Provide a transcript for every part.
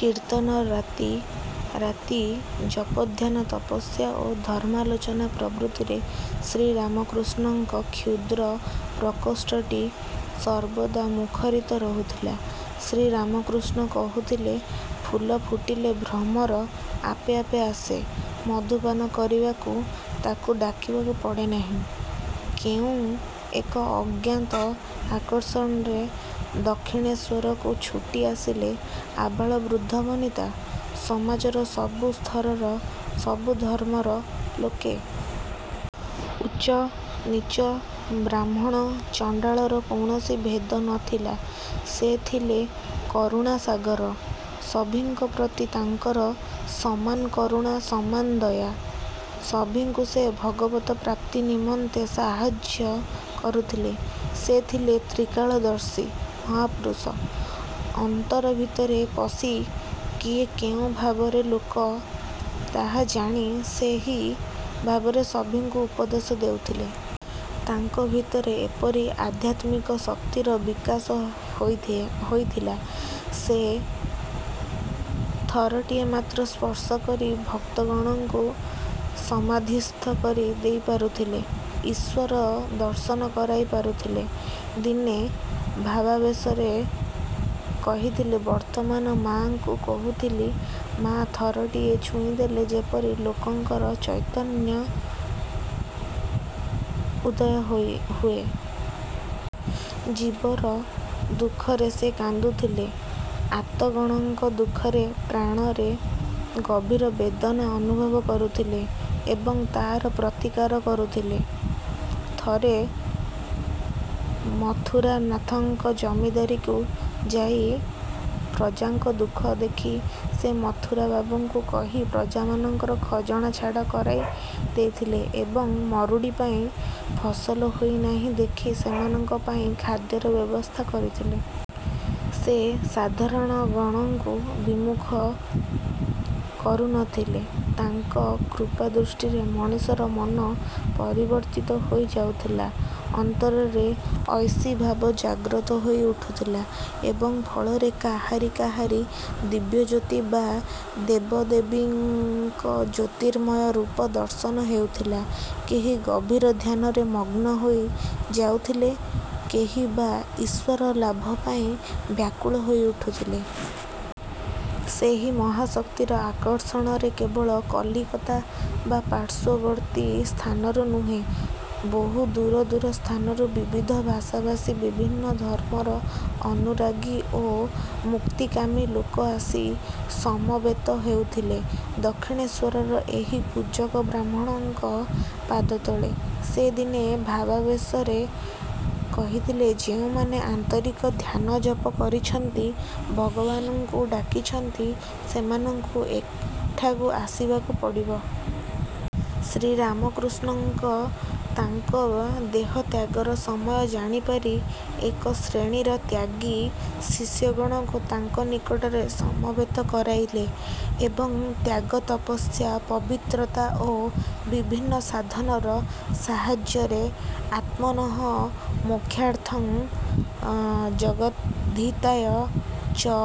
କୀର୍ତ୍ତନ ରାତି ରାତି ଜପଧ୍ୟାନ ତପସ୍ୟା ଓ ଧର୍ମାଲୋଚନା ପ୍ରଭୃତିରେ ଶ୍ରୀରାମକୃଷ୍ଣଙ୍କ କ୍ଷୁଦ୍ର ପ୍ରକୋଷ୍ଠଟି ସର୍ବଦା ମୁଖରିତ ରହୁଥିଲା। ଶ୍ରୀରାମକୃଷ୍ଣ କହୁଥିଲେ ଫୁଲ ଫୁଟିଲେ ଭ୍ରମର ଆପେ ଆପେ ଆସେ ମଧୁପାନ କରିବାକୁ ତାକୁ ଡାକିବାକୁ ପଡ଼େ ନାହିଁ। କେଉଁ ଏକ ଅଜ୍ଞାତ ଆକର୍ଷଣରେ ଦକ୍ଷିଣେଶ୍ୱରକୁ ଛୁଟି ଆସିଲେ ଆବାଳ ବୃଦ୍ଧ ବନିତା ସମାଜର ସବୁ ସ୍ତରର ସବୁ ଧର୍ମର ଲୋକେ। ଉଚ୍ଚ ନୀଚ ବ୍ରାହ୍ମଣ ଚଣ୍ଡାଳର କୌଣସି ଭେଦ ନ ଥିଲା। ସେ ଥିଲେ କରୁଣାସାଗର। ସଭିଙ୍କ ପ୍ରତି ତାଙ୍କର ସମାନ କରୁଣା ସମାନ ଦୟା। ସଭିଙ୍କୁ ସେ ଭଗବତ ପ୍ରାପ୍ତି ନିମନ୍ତେ ସାହାଯ୍ୟ କରୁଥିଲେ। ସେ ଥିଲେ ତ୍ରିକାଳଦର୍ଶୀ ମହାପୁରୁଷ। ଅନ୍ତର ଭିତରେ ପଶି କିଏ କେଉଁ ଭାବର ଲୋକ ତାହା ଜାଣି ସେହି ଭାବରେ ସଭିଙ୍କୁ ଉପଦେଶ ଦେଉଥିଲେ। ତାଙ୍କ ଭିତରେ ଏପରି ଆଧ୍ୟାତ୍ମିକ ଶକ୍ତିର ବିକାଶ ହୋଇଥିଲା ଯେ ଥରଟିଏ ମାତ୍ର ସ୍ପର୍ଶ କରି ଭକ୍ତଗଣଙ୍କୁ ସମାଧିସ୍ଥ କରି ଦେଇପାରୁଥିଲେ ଈଶ୍ୱର ଦର୍ଶନ କରାଇ ପାରୁଥିଲେ। ଦିନେ ଭାବାବେଶରେ କହିଥିଲେ ବର୍ତ୍ତମାନ ମାଆଙ୍କୁ କହୁଥିଲି ମା ଥରଟିଏ ଛୁଇଁଦେଲେ ଯେପରି ଲୋକଙ୍କର ଚୈତନ୍ୟ ଉଦୟ ହୁଏ। ଜୀବର ଦୁଃଖରେ ସେ କାନ୍ଦୁଥିଲେ ଆର୍ତ୍ତଗଣଙ୍କ ଦୁଃଖରେ ପ୍ରାଣରେ ଗଭୀର ବେଦନା ଅନୁଭବ କରୁଥିଲେ ଏବଂ ତାର ପ୍ରତିକାର କରୁଥିଲେ। ଥରେ ମଥୁରନାଥଙ୍କ ଜମିଦାରୀକୁ ଯାଇ ପ୍ରଜାଙ୍କ ଦୁଃଖ ଦେଖି ସେ ମଥୁରବାବୁଙ୍କୁ କହି ପ୍ରଜାମାନଙ୍କର ଖଜଣା ଛାଡ଼ କରାଇ ଦେଇଥିଲେ ଏବଂ ମରୁଡ଼ି ପାଇଁ ଫସଲ ହୋଇ ନାହିଁ ଦେଖି ସେମାନଙ୍କ ପାଇଁ ଖାଦ୍ୟର ବ୍ୟବସ୍ଥା କରିଥିଲେ। ସେ ସାଧକଗଣଙ୍କୁ ବିମୁଖ କରୁ ନ ଥିଲେ। ତାଙ୍କ କୃପାଦୃଷ୍ଟିରେ ମଣିଷର ମନ ପରିବର୍ତ୍ତିତ ହୋଇ ଯାଉଥିଲା ଅନ୍ତରରେ ଐଶୀ ଭାବ ଜାଗ୍ରତ ହୋଇ ଉଠୁଥିଲା ଏବଂ ଫଳରେ କାହାରି କାହାରି ଦିବ୍ୟଜ୍ୟୋତି ବା ଦେବଦେବୀଙ୍କ ଜ୍ୟୋତିର୍ମୟ ରୂପ ଦର୍ଶନ ହେଉଥିଲା କେହି ଗଭୀର ଧ୍ୟାନରେ ମଗ୍ନ ହୋଇ ଯାଉଥିଲେ କେହି ବା ଈଶ୍ୱରଲାଭ ପାଇଁ ବ୍ୟାକୁଳ ହୋଇ ଉଠୁଥିଲେ। ସେହି ମହାଶକ୍ତିର ଆକର୍ଷଣରେ କେବଳ କଲିକତା ବା ପାର୍ଶ୍ୱବର୍ତ୍ତୀ ସ୍ଥାନରୁ ନୁହେଁ ବହୁ ଦୂର ଦୂର ସ୍ଥାନରୁ ବିବିଧ ଭାଷାଭାଷୀ ବିଭିନ୍ନ ଧର୍ମର ଅନୁରାଗୀ ଓ ମୁକ୍ତିକାମୀ ଲୋକ ଆସି ସମବେତ ହେଉଥିଲେ ଦକ୍ଷିଣେଶ୍ୱରର ଏହି ପୂଜକ ବ୍ରାହ୍ମଣଙ୍କ ପାଦତଳେ। ସେ ଦିନେ ଭାବାବେଶରେ କହିଥିଲେ ଯେଉଁମାନେ ଆନ୍ତରିକ ଧ୍ୟାନ ଜପ କରିଛନ୍ତି ଭଗବାନଙ୍କୁ ଡାକିଛନ୍ତି ସେମାନଙ୍କୁ ଏଠାକୁ ଆସିବାକୁ ପଡ଼ିବ। ଶ୍ରୀରାମକୃଷ୍ଣ ତାଙ୍କ ଦେହତ୍ୟାଗର ସମୟ ଜାଣିପାରି ଏକ ଶ୍ରେଣୀର ତ୍ୟାଗୀ ଶିଷ୍ୟଗଣଙ୍କୁ ତାଙ୍କ ନିକଟରେ ସମବେତ କରାଇଲେ ଏବଂ ତ୍ୟାଗ ତପସ୍ୟା ପବିତ୍ରତା ଓ ବିଭିନ୍ନ ସାଧନାର ସାହାଯ୍ୟରେ ଆତ୍ମନଃ ମୋକ୍ଷାର୍ଥଂ ଜଗଦ୍ଧିତାୟ ଚ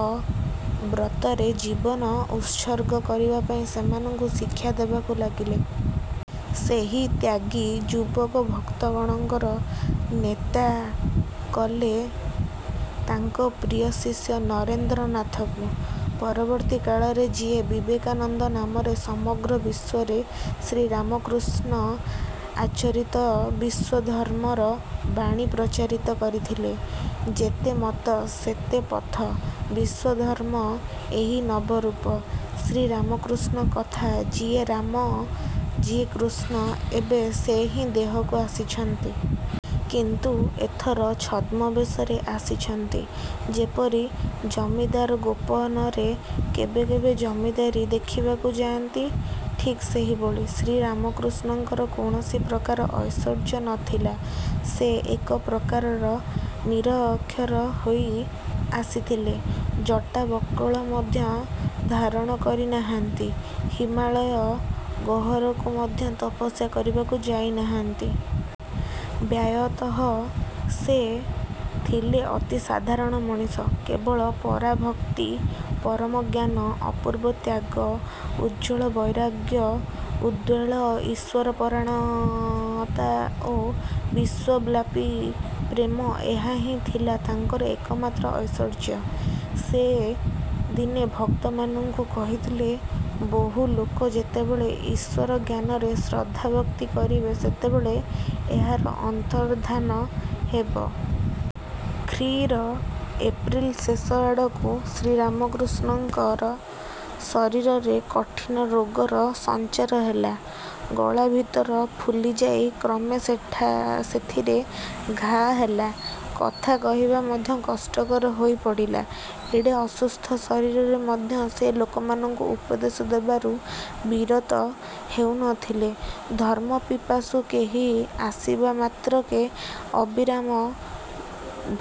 ବ୍ରତରେ ଜୀବନ ଉତ୍ସର୍ଗ କରିବା ପାଇଁ ସେମାନଙ୍କୁ ଶିକ୍ଷା ଦେବାକୁ ଲାଗିଲେ। ସେହି ତ୍ୟାଗୀ ଯୁବକ ଭକ୍ତଗଣଙ୍କର ନେତା କଲେ ତାଙ୍କ ପ୍ରିୟ ଶିଷ୍ୟ ନରେନ୍ଦ୍ରନାଥଙ୍କୁ ପରବର୍ତ୍ତୀ କାଳରେ ଯିଏ ବିବେକାନନ୍ଦ ନାମରେ ସମଗ୍ର ବିଶ୍ୱରେ ଶ୍ରୀରାମକୃଷ୍ଣ ଆଚରିତ ବିଶ୍ୱଧର୍ମର ବାଣୀ ପ୍ରଚାରିତ କରିଥିଲେ। ଯେତେ ମତ ସେତେ ପଥ ବିଶ୍ୱଧର୍ମର ଏହି ନବ ରୂପ। ଶ୍ରୀରାମକୃଷ୍ଣଙ୍କ କଥା ଯିଏ ରାମ ଯିଏ କୃଷ୍ଣ ଏବେ ସେ ଏହି ଦେହକୁ ଆସିଛନ୍ତି। କିନ୍ତୁ ଏଥର ଛଦ୍ମବେଶରେ ଆସିଛନ୍ତି ଯେପରି ଜମିଦାର ଗୋପନରେ କେବେ କେବେ ଜମିଦାରୀ ଦେଖିବାକୁ ଯାଆନ୍ତି ଠିକ୍ ସେହିଭଳି। ଶ୍ରୀରାମକୃଷ୍ଣଙ୍କର କୌଣସି ପ୍ରକାର ଐଶ୍ୱର୍ଯ୍ୟ ନ ଥିଲା। ସେ ଏକ ପ୍ରକାର ନିରକ୍ଷର ହୋଇ ଆସିଥିଲେ। ଜଟା ବଳ୍କଳ ମଧ୍ୟ ଧାରଣ କରି ନାହାନ୍ତି। ହିମାଳୟ ଗହ୍ୱରକୁ ମଧ୍ୟ ତପସ୍ୟା କରିବାକୁ ଯାଇ ନାହାନ୍ତି। ବାହ୍ୟତଃ ସେ ଥିଲେ ଅତି ସାଧାରଣ ମଣିଷ। କେବଳ ପରାଭକ୍ତି ପରମ ଜ୍ଞାନ ଅପୂର୍ବ ତ୍ୟାଗ ଉଜ୍ୱଳ ବୈରାଗ୍ୟ ଉଦ୍ବେଳ ଈଶ୍ୱରପରାୟଣତା ଓ ବିଶ୍ୱପ୍ଳାବୀ ପ୍ରେମ ଏହା ହିଁ ଥିଲା ତାଙ୍କର ଏକମାତ୍ର ଐଶ୍ୱର୍ଯ୍ୟ। ସେ ଦିନେ ଭକ୍ତମାନଙ୍କୁ କହିଥିଲେ ବୋହୁ ଲୋକ ଯେତେବେଳେ ଈଶ୍ୱରଜ୍ଞାନରେ ଶ୍ରଦ୍ଧାଭକ୍ତି କରିବେ ସେତେବେଳେ ଏହାର ଅନ୍ତର୍ଦ୍ଧାନ ହେବ। ଖ୍ରୀ ର ଏପ୍ରିଲ ଶେଷ ଆଡ଼କୁ ଶ୍ରୀରାମକୃଷ୍ଣଙ୍କ ଶରୀରରେ କଠିନ ରୋଗର ସଞ୍ଚାର ହେଲା। ଗଳାଭିତର ଫୁଲିଯାଇ କ୍ରମେ ସେଠା ସେଥିରେ ଘାଆ ହେଲା। କଥା କହିବା ମଧ୍ୟ କଷ୍ଟକର ହୋଇ ପଡ଼ିଲା। ଏଡ଼େ ଅସୁସ୍ଥ ଶରୀରରେ ମଧ୍ୟ ସେ ଲୋକମାନଙ୍କୁ ଉପଦେଶ ଦେବାରୁ ବିରତ ହେଉ ନ ଥିଲେ। ଧର୍ମପିପାସୁ କେହି ଆସିବା ମାତ୍ରକେ ଅବିରାମ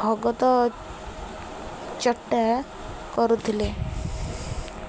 ଭଗତଚଟା କରୁଥିଲେ।